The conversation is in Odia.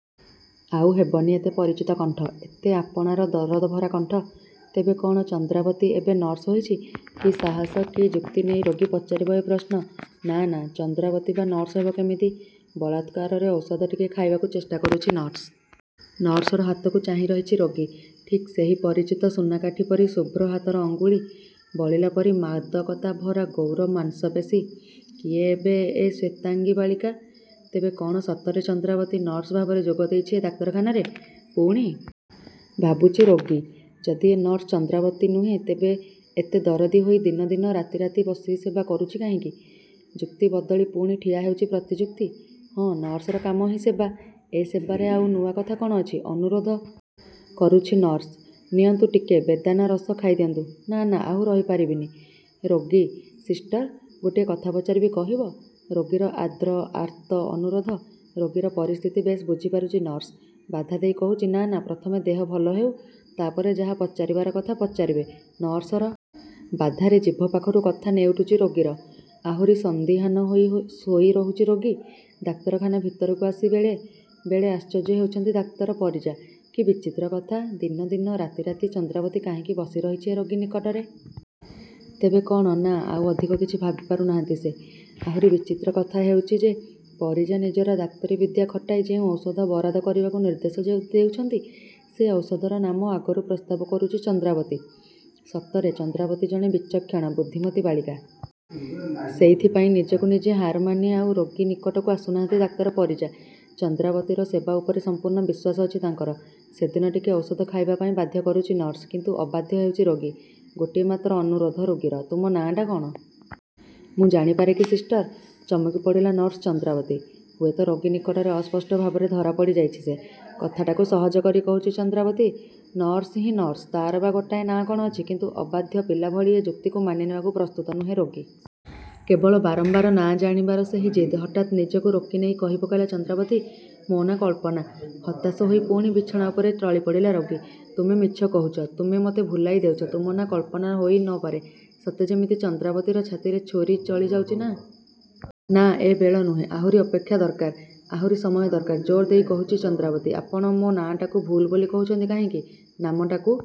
ଆଉ ହେବନି ଏତେ ପରିଚିତ କଣ୍ଠ, ଏତେ ଆପଣାର ଦରଦଭରା କଣ୍ଠ। ତେବେ କ'ଣ ଚନ୍ଦ୍ରାବତୀ ଏବେ ନର୍ସ ହୋଇଛି? କି ସାହସ, କି ଯୁକ୍ତି ନେଇ ରୋଗୀ ପଚାରିବ ଏ ପ୍ରଶ୍ନ?“ନାଁ ନାଁ, ଚନ୍ଦ୍ରାବତୀ ବା ନର୍ସ ହେବ କେମିତି?”ବଳାତ୍କାରରେ ଔଷଧ ଟିକେ ଖୋଇବାକୁ ଚେଷ୍ଟା କରୁଛି ନର୍ସ। ନର୍ସର ହାତକୁ ଚାହିଁ ରହିଛି ରୋଗୀ। ଠିକ୍ ସେହି ପରିଚିତ ସୁନାକାଠି ପରି ଶୁଭ୍ର ହାତର ଅଙ୍ଗୁଳି। ବଳିଲା ପରି ମାଦକତା ଭରା ଗୌର ମାଂସପେଶୀ। କିଏ ତେବେ ଏ ଶ୍ୱେତାଙ୍ଗୀ ବାଳିକା? ତେବେ କ'ଣ ସତରେ ଚନ୍ଦ୍ରାବତୀ ନର୍ସ ଭାବରେ ଯୋଗଦେଇଛି ଏ ଡାକ୍ତରଖାନାରେ? ପୁଣି ଭାବୁଛି ରୋଗୀ। ଯଦି ଏ ନର୍ସ ଚନ୍ଦ୍ରାବତୀ ନୁହେଁ, ତେବେ ଏତେ ଦରଦୀ ହୋଇ ଦିନ ଦିନ, ରାତି ରାତି ବସି ସେବା କରୁଛି କାହିଁକି? ଯୁକ୍ତି ବଦଳି ପୁଣି ଠିଆ ହେଉଛି ପ୍ରତିଯୁକ୍ତି। ହଁ, ନର୍ସର କାମ ହିଁ ସେବା। ଏ ସେବାରେ ଆଉ ନୂଆ କଥା କ'ଣ ଅଛି? ଅନୁରୋଧ କରୁଛି ନର୍ସ, “ନିଅନ୍ତୁ, ଟିକେ ବେଦାନା ରସ ଖାଇ ଦିଅନ୍ତୁ।”“ନାଁ ନାଁ, ଆଉ ରହିପାରିବନି ରୋଗୀ।”“ସିଷ୍ଟର? ଗୋଟିଏ କଥା ପଚାରିବି, କହିବ?”ରୋଗୀର ଆର୍ଦ୍ର, ଆର୍ତ୍ତ ଅନୁରୋଧ। ରୋଗୀର ପରିସ୍ଥିତି ବେଶ୍ ବୁଝିପାରୁଛି ନର୍ସ। ବାଧା ଦେଇ କହୁଛି, “ନାଁ ନାଁ, ପ୍ରଥମେ ଦେହ ଭଲ ହେଉ, ତା'ପରେ ଯାହା ପଚାରିବାର କଥା ପଚାରିବେ।”ନର୍ସର ବାଧାରେ ଜିଭ ପାଖରୁ କଥା ନେଉଟୁଛି ରୋଗୀର। ଆହୁରି ସନ୍ଦିହାନ ହୋଇ ଶୋଇ ରହୁଛି ରୋଗୀ। ଡାକ୍ତରଖାନା ଭିତରକୁ ଆସି ବେଳେ ବେଳେ ଆଶ୍ଚର୍ଯ୍ୟ ହେଉଛନ୍ତି ଡାକ୍ତର ପରିଜା। କି ବିଚିତ୍ର କଥା! ଦିନ ଦିନ, ରାତି ରାତି ଚନ୍ଦ୍ରାବତୀ କାହିଁକି ବସି ରହିଛି ଏ ରୋଗୀ ନିକଟରେ? ତେବେ କ'ଣ? ନାଁ, ଆଉ ଅଧିକ କିଛି ଭାବିପାରୁ ନାହାଁନ୍ତି ସେ। ଆହୁରି ବିଚିତ୍ର କଥା ହେଉଛି ଯେ, ପରିଜା ନିଜର ଡାକ୍ତରୀ ବିଦ୍ୟା ଖଟାଇ ଯେଉଁ ଔଷଧ ବରାଦ କରିବାକୁ ନିର୍ଦ୍ଦେଶ ଦେଉଛନ୍ତି, ସେ ଔଷଧର ନାମ ଆଗରୁ ପ୍ରସ୍ତାବ କରୁଛି ଚନ୍ଦ୍ରାବତୀ। ସତରେ ଚନ୍ଦ୍ରାବତୀ ଜଣେ ବିଚକ୍ଷଣା, ବୁଦ୍ଧିମତୀ ବାଳିକା। ସେଇଥିପାଇଁ ନିଜକୁ ନିଜେ ହାରମାନି ଆଉ ରୋଗୀ ନିକଟକୁ ଆସୁ ନାହାଁନ୍ତି ଡାକ୍ତର ପରିଜା। ଚନ୍ଦ୍ରାବତୀର ସେବା ଉପରେ ସମ୍ପୂର୍ଣ୍ଣ ବିଶ୍ୱାସ ଅଛି ତାଙ୍କର। ସେଦିନ ଟିକେ ଔଷଧ ଖାଇବାପାଇଁ ବାଧ୍ୟ କରୁଛି ନର୍ସ। କିନ୍ତୁ ଅବାଧ୍ୟ ହେଉଛି ରୋଗୀ। ଗୋଟିଏ ମାତ୍ର ଅନୁରୋଧ ରୋଗୀର।“ତୁମ ନାଁଟା କ'ଣ? ମୁଁ ଜାଣିପାରେ କି, ସିଷ୍ଟର?”ଚମକି ପଡ଼ିଲା ନର୍ସ ଚନ୍ଦ୍ରାବତୀ। ହୁଏତ ରୋଗୀ ନିକଟରେ ଅସ୍ପଷ୍ଟ ଭାବରେ ଧରାପଡ଼ି ଯାଇଛି ସେ। କଥାଟାକୁ ସହଜ କରି କହୁଛି ଚନ୍ଦ୍ରାବତୀ।“ନର୍ସ ହିଁ ନର୍ସ। ତା'ର ବା ଗୋଟାଏ ନାଁ କ'ଣ ଅଛି?”କିନ୍ତୁ ଅବାଧ୍ୟ ପିଲା ଭଳି ଏ ଯୁକ୍ତିକୁ ମାନିନେବାକୁ ପ୍ରସ୍ତୁତ ନୁହେଁ ରୋଗୀ। କେବଳ ବାରମ୍ବାର ନାଁ ଜାଣିବାର ସେହି ଜିଦ୍। ହଠାତ୍ ନିଜକୁ ରୋକିନେଇ କହି ପକାଇଲା ଚନ୍ଦ୍ରାବତୀ, “ମୋ ନାଁ କଳ୍ପନା।”ହତାଶ ହୋଇ ପୁଣି ବିଛଣା ଉପରେ ଟଳିପଡ଼ିଲା ରୋଗୀ।“ତୁମେ ମିଛ କହୁଛ। ତୁମେ ମୋତେ ଭୁଲାଇ ଦେଉଛ। ତୁମ ନାଁ କଳ୍ପନା ହୋଇ ନ ପାରେ।”ସତେ ଯେମିତି ଚନ୍ଦ୍ରାବତୀର ଛାତିରେ ଛୁରୀ ଚଳି ଯାଉଛି। ନାଁ ନାଁ, ଏ ବେଳ ନୁହେଁ। ଆହୁରି ଅପେକ୍ଷା ଦରକାର, ଆହୁରି ସମୟ ଦରକାର। ଜୋର ଦେଇ କହୁଛି ଚନ୍ଦ୍ରାବତୀ, “ଆପଣ ମୋ ନାଁଟାକୁ ଭୁଲ୍ ବୋଲି କହୁଛନ୍ତି କାହିଁକି?”ନାମଟାକୁ.